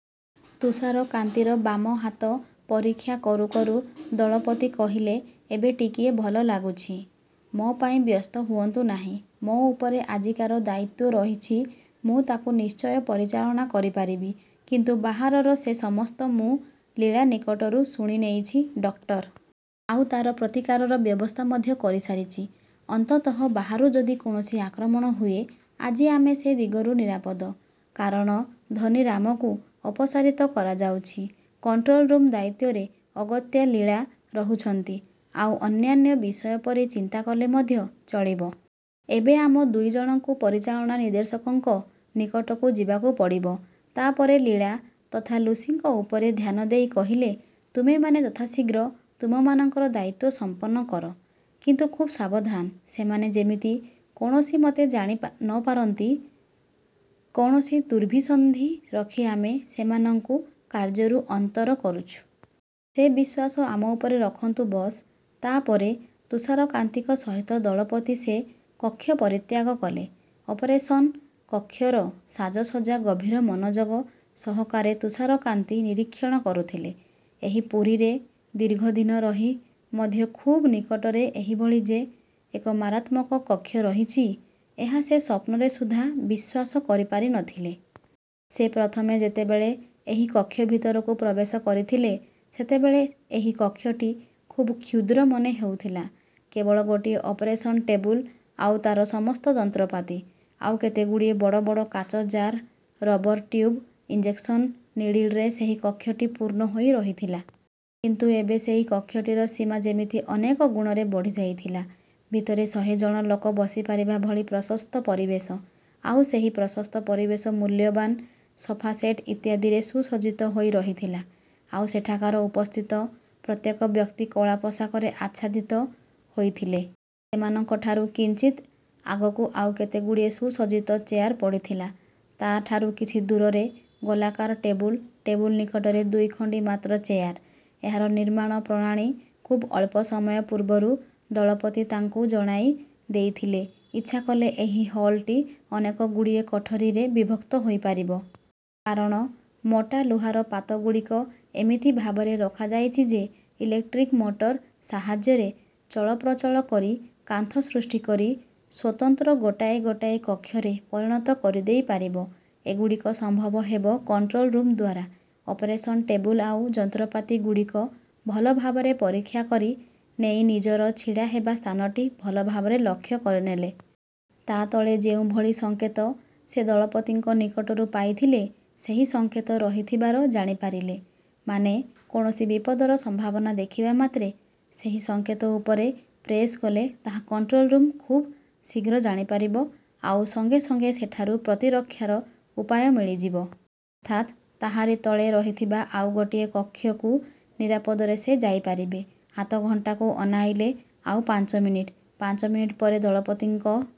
ତୁଷାରକାନ୍ତିଙ୍କର ବାମ ହାତ ପରୀକ୍ଷା କରୁ କରୁ ଦଳପତି କହିଲେ ଏବେ ଟିକିଏ ଭଲ ଲାଗୁଛି? ମୋ ପାଇଁ ବ୍ୟସ୍ତ ହୁଅନ୍ତୁ ନାହିଁ। ମୋ ଉପରେ ଆଜିକାର ଦାୟିତ୍ୱ ରହିଛି ମୁଁ ତାକୁ ନିଶ୍ଚୟ ପରିଚାଳନା କରିପାରିବି। କିନ୍ତୁ ବାହାରର ସେ ସମସ୍ତ ମୁଁ ଲୀଳା ନିକଟରୁ ଶୁଣିନେଇଛି ଡକ୍ଟର। ଆଉ ତା’ର ପ୍ରତିକାରର ବ୍ୟବସ୍ଥା ମଧ୍ୟ କରିସାରିଛି। ଅନ୍ତତଃ ବାହାରୁ ଯଦି କୌଣସି ଆକ୍ରମଣ ହୁଏ ଆଜି ଆମେ ସେ ଦିଗରୁ ନିରାପଦ। କାରଣ ଧନୀରାମକୁ ଅପସାରିତ କରାଯାଉଛି। କଣ୍ଟ୍ରୋଲ୍ ରୁମ୍ ଦାୟିତ୍ୱରେ ଅଗତ୍ୟା ଲୀଳା ରହୁଛନ୍ତି। ଆଉ ଅନ୍ୟାନ୍ୟ ବିଷୟ ପରେ ଚିନ୍ତା କଲେ ମଧ୍ୟ ଚଳିବ। ଏବେ ଆମ ଦୁଇ ଜଣଙ୍କୁ ପରିଚାଳନା ନିର୍ଦ୍ଦେଶକଙ୍କ ନିକଟକୁ ଯିବାକୁ ପଡ଼ିବ। ତା’ ପରେ ଲୀଳା ତଥା ଲୁସିଙ୍କ ଉପରେ ଧ୍ୟାନ ଦେଇ କହିଲେ ତୁମେମାନେ ଯଥାଶୀଘ୍ର ତୁମମାନଙ୍କର ଦାୟିତ୍ୱ ସମ୍ପନ୍ନ କର। କିନ୍ତୁ ଖୁବ୍ ସାବଧାନ। ସେମାନେ ଯେମିତି କୌଣସିମତେ ଜାଣି ନ ପାରନ୍ତି କୌଣସି ଦୁର୍ଭିସନ୍ଧି ରଖି ଆମେ ସେମାନଙ୍କୁ କାର୍ଯ୍ୟରୁ ଅନ୍ତର କରୁଛୁ। ସେ ବିଶ୍ୱାସ ଆମ ଉପରେ ରଖନ୍ତୁ ବସ୍। ତା’ ପରେ ତୁଷାରକାନ୍ତିଙ୍କ ସହିତ ଦଳପତି ସେ କକ୍ଷ ପରିତ୍ୟାଗ କଲେ। ଅପରେସନ୍ କକ୍ଷର ସାଜସଜ୍ଜା ଗଭୀର ମନୋଯୋଗ ସହକାରେ ତୁଷାରକାନ୍ତି ନିରୀକ୍ଷଣ କରୁଥିଲେ। ଏହି ପୁରୀରେ ଦୀର୍ଘ ଦିନ ରହି ମଧ୍ୟ ଖୁବ୍ ନିକଟରେ ଏହିଭଳି ଯେ ଏକ ମାରାତ୍ମକ କକ୍ଷ ରହିଛି ଏହା ସେ ସ୍ୱପ୍ନରେ ସୁଦ୍ଧା ବିଶ୍ୱାସ କରିପାରି ନ ଥିଲେ। ସେ ପ୍ରଥମେ ଯେତେବେଳେ ଏହି କକ୍ଷ ଭିତରକୁ ପ୍ରବେଶ କରିଥିଲେ ସେତେବେଳେ ଏହି କକ୍ଷଟି ଖୁବ୍ କ୍ଷୁଦ୍ର ମନେ ହେଉଥିଲା। କେବଳ ଗୋଟିଏ ଅପରେସନ୍ ଟେବୁଲ୍ ଆଉ ତା’ର ସମସ୍ତ ଯନ୍ତ୍ରପାତି। ଆଉ କେତେଗୁଡ଼ିଏ ବଡ଼ ବଡ଼ କାଚ ଜାର୍ ରବର୍ ଟ୍ୟୁବ୍ ଇଞ୍ଜେକ୍ସନ୍ ନିଡିଲ୍‌ରେ ସେହି କକ୍ଷଟି ପୂର୍ଣ୍ଣ ହୋଇ ରହିଥିଲା। କିନ୍ତୁ ଏବେ ସେହି କକ୍ଷଟିର ସୀମା ଯେମିତି ଅନେକ ଗୁଣରେ ବଢ଼ିଯାଇଥିଲା। ଭିତରେ ଶହେ ଜଣ ଲୋକ ବସିପାରିବା ଭଳି ପ୍ରଶସ୍ତ ପରିବେଶ। ଆଉ ସେହି ପ୍ରଶସ୍ତ ପରିବେଶ ମୂଲ୍ୟବାନ୍ ସୋଫା ସେଟ୍ ଇତ୍ୟାଦିରେ ସୁସଜ୍ଜିତ ହୋଇ ରହିଥିଲା। ଆଉ ସେଠାକାର ଉପସ୍ଥିତ ପ୍ରତ୍ୟେକ ବ୍ୟକ୍ତି କଳା ପୋଷାକରେ ଆଚ୍ଛାଦିତ ହୋଇଥିଲେ। ସେମାନଙ୍କଠାରୁ କିଞ୍ଚିତ୍ ଆଗକୁ ଆଉ କେତେଗୁଡ଼ିଏ ସୁସଜ୍ଜିତ ଚେୟାର ପଡ଼ିଥିଲା। ତା’ ଠାରୁ କିଛି ଦୂରରେ ଗୋଲାକାର ଟେବୁଲ୍। ଟେବୁଲ୍ ନିକଟରେ ଦୁଇଖଣ୍ଡି ମାତ୍ର ଚେୟାର। ଏହାର ନିର୍ମାଣ ପ୍ରଣାଳୀ ଖୁବ୍ ଅଳ୍ପ ସମୟ ପୂର୍ବରୁ ଦଳପତି ତାଙ୍କୁ ଜଣାଇ ଦେଇଥିଲେ। ଇଚ୍ଛା କଲେ ଏହି ହଲ୍‌ଟି ଅନେକଗୁଡ଼ିଏ କୋଠରିରେ ବିଭକ୍ତ ହୋଇପାରିବ। କାରଣ ମୋଟା ଲୁହାର ପାତଗୁଡ଼ିକ ଏମିତି ଭାବରେ ରଖାଯାଇଛି ଯେ ଇଲେକ୍ଟ୍ରିକ୍ ମୋଟର ସାହାଯ୍ୟରେ ଚଳପ୍ରଚଳ କରି କାନ୍ଥ ସୃଷ୍ଟି କରି ସ୍ୱତନ୍ତ୍ର ଗୋଟାଏ ଗୋଟାଏ କକ୍ଷରେ ପରିଣତ କରିଦେଇ ପାରିବ। ଏଗୁଡ଼ିକ ସମ୍ଭବ ହେବ କଣ୍ଟ୍ରୋଲ୍ ରୁମ୍ ଦ୍ୱାରା। ଅପରେସନ୍ ଟେବୁଲ୍ ଆଉ ଯନ୍ତ୍ରପାତିଗୁଡ଼ିକ ଭଲ ଭାବରେ ପରୀକ୍ଷା କରି ନେଇ ନିଜର ଛିଡ଼ା ହେବା ସ୍ଥାନଟି ଭଲ ଭାବରେ ଲକ୍ଷ୍ୟ କରିନେଲେ। ତା’ ତଳେ ଯେଉଁଭଳି ସଙ୍କେତ ସେ ଦଳପତିଙ୍କ ନିକଟରୁ ପାଇଥିଲେ ସେହି ସଙ୍କେତ ରହିଥିବାର ଜାଣିପାରିଲେ। ମାନେ କୌଣସି ବିପଦର ସମ୍ଭାବନା ଦେଖିବା ମାତ୍ରେ ସେହି ସଙ୍କେତ ଉପରେ ପ୍ରେସ୍ କଲେ ତାହା କଣ୍ଟ୍ରୋଲ୍ ରୁମ୍ ଖୁବ୍ ଶୀଘ୍ର ଜାଣିପାରିବ ଆଉ ସଙ୍ଗେ ସଙ୍ଗେ ସେଠାରୁ ପ୍ରତିରକ୍ଷାର ଉପାୟ ମିଳିଯିବ। ଅର୍ଥାତ୍ ତାହାରି ତଳେ ରହିଥିବା ଆଉ ଗୋଟିଏ କକ୍ଷକୁ ନିରାପଦରେ ସେ ଯାଇପାରିବେ। ହାତଘଣ୍ଟାକୁ ଅନାଇଲେ ଆଉ ପାଞ୍ଚ ମିନିଟ୍। ପାଞ୍ଚ ମିନିଟ୍ ପରେ ଦଳପତିଙ୍କ